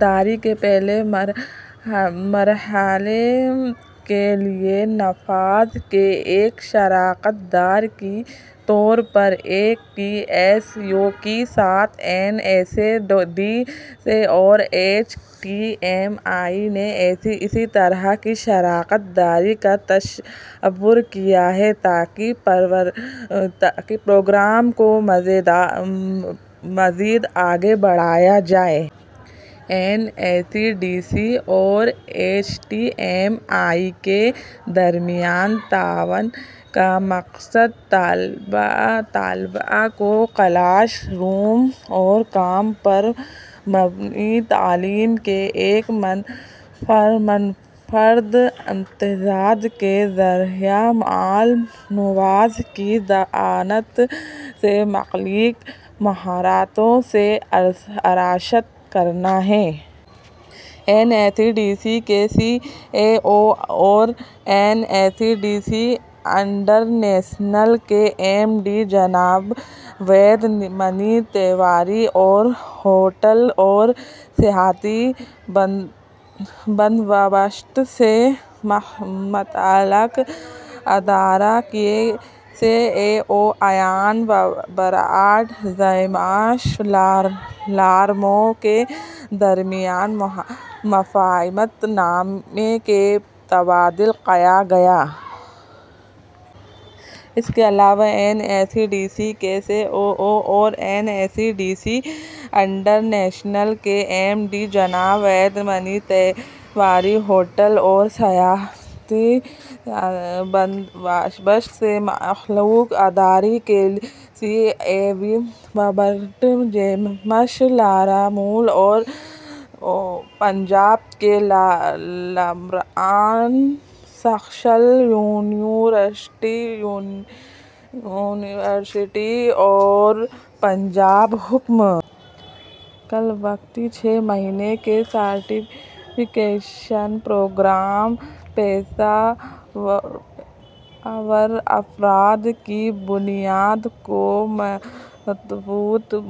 داری کے پہلے مرحلے کے لئے نفاذ کے ایک شراکت دار کے طور پر ایل ٹی ایس یو کے ساتھ این ایس ڈی سی اور ایچ ٹی ایم آئی نے اسی طرح کی شراکت داری کا تصور کیا ہے تاکہ پروگرام کو مزید آگے بڑھایا جائے۔ این ایس ڈی سی اور ایچ ٹی ایم آئی کے درمیان تعاون کا مقصد طلبا ء کو کلاس روم اور کام پر مبنی تعلیم کے ایک منفرد امتزاج کے ذریعہ مہماں نوازی کی صنعت سے متعلق مہارتو ں سے آراستہ کرنا ہے۔ این ایس ڈی سی کے سی ای او اور N S D C international کے ایم ڈی جناب وید منی تیواری اور ہوٹل اور سیاحتی بندوبست سے متعلق ادارے کے C E O Ian Robert James Larmour کے درمیان مفاہمت نامے کا تبادلہ کیا گیا۔ اس کے علاوہ این ایس ڈی سی کے سی او او اور N S D C international کے ایم ڈی جناب وید منی تیواری ، ہوٹل اور سیاحتی بندوبست سے متعلق ادارے کے C E O Robert James Larmour اور پنجاب کی لامرن ٹیک اسکلس یونیورسٹی اور پنجاب حکومت میں مشیر ڈاکٹر سندیپ سنگھ کورا کے ذریعہ سہ فریقی معاہدے پر دستخط کئے گئے۔ کل وقتی چھ مہینے کے سرٹیفکیشن پروگرام پیشہ ور افراد کی بنیاد کو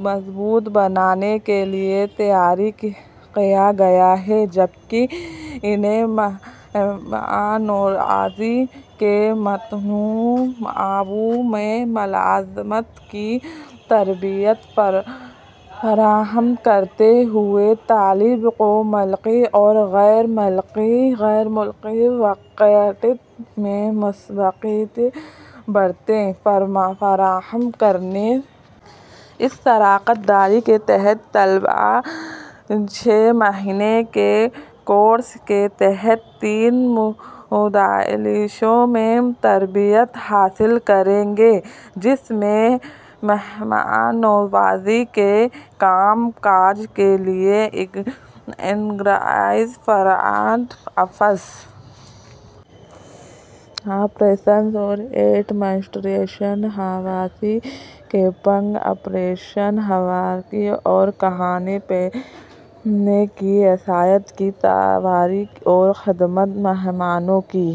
مضبوط بنانے کے لئے تیار کیا گیا ہے جبکہ انہیں مہماں نوازی کے متنوع شعبوں میں ملازمت کی تربیت فراہم کرتے ہوئے طلبا کو ملکی اور غیر ملکی مارکیٹوں میں مسابقتی برتری فراہم کرنے تربیت دی جائے گی۔ اس شراکت داری کے تحت طلباء چھ مہینے کے کورس کے تحت تین موڈیولس میں تربیت حاصل کریں گے۔ جس میں مہماں نوازی کے کا م کاج کے لئے انگریزی ، فرنٹ آفس آپریشنز اور administration, housekeeping operation, خوراک اور کھانے پینے کی اشیا کی تیاری اور خدمات ، مہمانوں کی